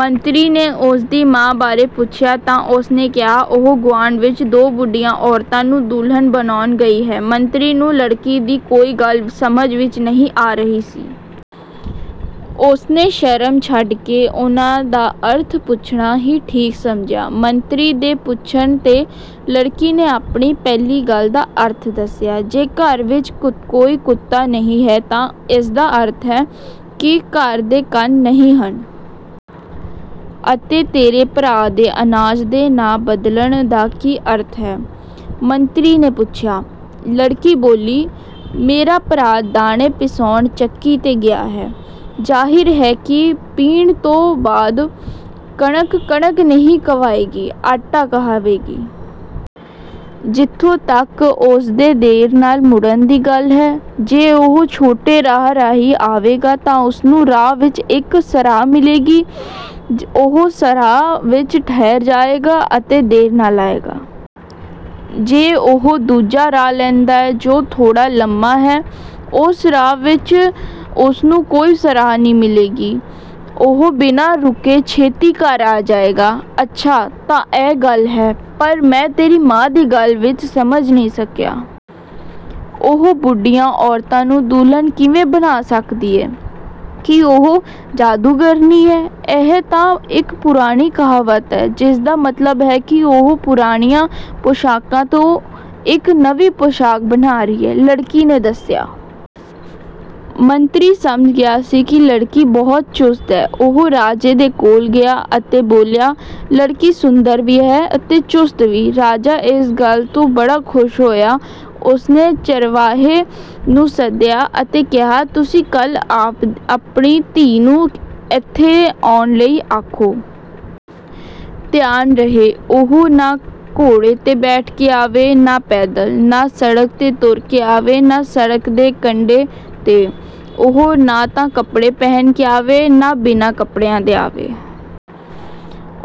ਮੰਤਰੀ ਨੇ ਉਸ ਦੀ ਮਾਂ ਬਾਰੇ ਪੁੱਛਿਆ ਤਾਂ ਉਸ ਨੇ ਕਿਹਾ, "ਉਹ ਗੁਆਂਢ ਵਿੱਚ ਦੋ ਬੁੱਢੀਆਂ ਔਰਤਾਂ ਨੂੰ ਦੁਲਹਨ ਬਣਾਉਣ ਗਈ ਹੈ।" ਮੰਤਰੀ ਨੂੰ ਲੜਕੀ ਦੀ ਕੋਈ ਗੱਲ ਸਮਝ ਵਿੱਚ ਨਹੀਂ ਆ ਰਹੀ ਸੀ। ਉਸ ਨੇ ਸ਼ਰਮ ਛੱਡ ਕੇ ਉਨ੍ਹਾਂ ਦਾ ਅਰਥ ਪੁੱਛਣਾ ਹੀ ਠੀਕ ਸਮਝਿਆ। ਮੰਤਰੀ ਦੇ ਪੁੱਛਣ 'ਤੇ ਲੜਕੀ ਨੇ ਆਪਣੀ ਪਹਿਲੀ ਗੱਲ ਦਾ ਅਰਥ ਦੱਸਿਆ, "ਜੇ ਘਰ ਵਿੱਚ ਕੋਈ ਕੁੱਤਾ ਨਹੀਂ ਹੈ ਤਾਂ ਇਸ ਦਾ ਅਰਥ ਹੈ ਕਿ ਘਰ ਦੇ ਕੰਨ ਨਹੀਂ ਹਨ।" "ਅਤੇ ਤੇਰੇ ਭਰਾ ਦੇ ਅਨਾਜ ਦੇ ਨਾਂ ਬਦਲਣ ਦਾ ਕੀ ਅਰਥ ਹੈ?" ਮੰਤਰੀ ਨੇ ਪੁੱਛਿਆ। ਲੜਕੀ ਬੋਲੀ, "ਮੇਰਾ ਭਰਾ ਦਾਣੇ ਪਿਸਾਉਣ ਚੱਕੀ 'ਤੇ ਗਿਆ ਹੈ। ਜ਼ਾਹਿਰ ਹੈ ਕਿ ਪੀਹਣ ਤੋਂ ਬਾਅਦ ਕਣਕ, ਕਣਕ ਨਹੀਂ ਕਹਾਵੇਗੀ, ਆਟਾ ਕਹਾਵੇਗੀ। ਜਿੱਥੋਂ ਤੱਕ ਉਸ ਦੇ ਦੇਰ ਨਾਲ ਮੁੜਨ ਦੀ ਗੱਲ ਹੈ, ਜੇ ਉਹ ਛੋਟੇ ਰਾਹ ਰਾਹੀਂ ਆਵੇਗਾ ਤਾਂ ਉਸ ਨੂੰ ਰਾਹ ਵਿੱਚ ਇੱਕ ਸਰਾਂ ਮਿਲੇਗੀ। ਉਹ ਸਰਾਂ ਵਿੱਚ ਠਹਿਰ ਜਾਏਗਾ ਅਤੇ ਦੇਰ ਨਾਲ ਆਏਗਾ। ਜੇ ਉਹ ਦੂਜਾ ਰਾਹ ਲੈਂਦਾ ਹੈ, ਜੋ ਥੋੜ੍ਹਾ ਲੰਮਾ ਹੈ, ਉਸ ਰਾਹ ਵਿੱਚ ਉਸ ਨੂੰ ਕੋਈ ਸਰਾਂ ਨਹੀਂ ਮਿਲੇਗੀ। ਉਹ ਬਿਨਾਂ ਰੁਕੇ ਛੇਤੀ ਘਰ ਆ ਜਾਏਗਾ।" "ਅੱਛਾ, ਤਾਂ ਇਹ ਗੱਲ ਹੈ! ਪਰ ਮੈਂ ਤੇਰੀ ਮਾਂ ਦੀ ਗੱਲ ਵੀ ਸਮਝ ਨਹੀਂ ਸਕਿਆ। ਉਹ ਬੁੱਢੀਆਂ ਔਰਤਾਂ ਨੂੰ ਦੁਲਹਨ ਕਿਵੇਂ ਬਣਾ ਸਕਦੀ ਹੈ, ਕੀ ਉਹ ਜਾਦੂਗਰਨੀ ਹੈ?" "ਇਹ ਤਾਂ ਇੱਕ ਪੁਰਾਣੀ ਕਹਾਵਤ ਹੈ, ਜਿਸ ਦਾ ਮਤਲਬ ਹੈ ਕਿ ਉਹ ਦੋ ਪੁਰਾਣੀਆਂ ਪੌਸ਼ਾਕਾਂ ਤੋਂ ਇੱਕ ਨਵੀਂ ਪੌਸ਼ਾਕ ਬਣਾ ਰਹੀ ਹੈ," ਲੜਕੀ ਨੇ ਦੱਸਿਆ। ਮੰਤਰੀ ਸਮਝ ਗਿਆ ਸੀ ਕਿ ਲੜਕੀ ਬਹੁਤ ਚੁਸਤ ਹੈ। ਉਹ ਰਾਜੇ ਦੇ ਕੋਲ ਗਿਆ ਅਤੇ ਬੋਲਿਆ, "ਲੜਕੀ ਸੁੰਦਰ ਵੀ ਹੈ ਅਤੇ ਚੁਸਤ ਵੀ।" ਰਾਜਾ ਇਸ ਗੱਲ ਤੋਂ ਬੜਾ ਖ਼ੁਸ਼ ਹੋਇਆ। ਉਸ ਨੇ ਚਰਵਾਹੇ ਨੂੰ ਸੱਦਿਆ ਅਤੇ ਕਿਹਾ, "ਤੁਸੀਂ ਕੱਲ੍ਹ ਆਪਣੀ ਧੀ ਨੂੰ ਇੱਥੇ ਆਉਣ ਲਈ ਆਖੋ। ਧਿਆਨ ਰਹੇ, ਉਹ ਨਾ ਘੋੜੇ 'ਤੇ ਬੈਠ ਕੇ ਆਵੇ, ਨਾ ਪੈਦਲ। ਨਾ ਸੜਕ 'ਤੇ ਤੁਰ ਕੇ ਆਵੇ, ਨਾ ਸੜਕ ਦੇ ਕੰਢੇ 'ਤੇ। ਉਹ ਨਾ ਤਾਂ ਕੱਪੜੇ ਪਹਿਨ ਕੇ ਆਵੇ, ਨਾ ਹੀ ਬਿਨਾਂ ਕੱਪੜਿਆਂ ਦੇ ਆਵੇ।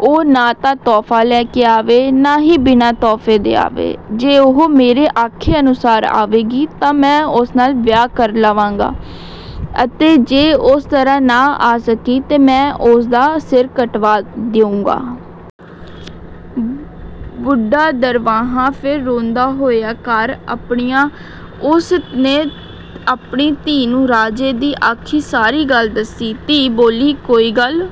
ਉਹ ਨਾ ਤਾਂ ਤੋਹਫ਼ਾ ਲੈ ਕੇ ਆਵੇ, ਨਾ ਹੀ ਬਿਨਾਂ ਤੋਹਫ਼ੇ ਦੇ ਆਵੇ। ਜੇ ਉਹ ਮੇਰੇ ਆਖੇ ਅਨੁਸਾਰ ਆਵੇਗੀ ਤਾਂ ਮੈਂ ਉਸ ਨਾਲ ਵਿਆਹ ਕਰ ਲਵਾਂਗਾ ਅਤੇ ਜੇ ਉਸ ਤਰ੍ਹਾਂ ਨਾ ਆ ਸਕੀ ਤਾਂ ਮੈਂ ਉਸ ਦਾ ਸਿਰ ਕਟਵਾ ਦਿਊਂਗਾ।" ਬੁੱਢਾ ਚਰਵਾਹਾ ਫੇਰ ਰੋਂਦਾ ਹੋਇਆ ਘਰ ਅੱਪੜਿਆ। ਉਸ ਨੇ ਆਪਣੀ ਧੀ ਨੂੰ ਰਾਜੇ ਦੀ ਆਖੀ ਸਾਰੀ ਗੱਲ ਦੱਸੀ। ਧੀ ਬੋਲੀ, ''ਕੋਈ ਗੱਲ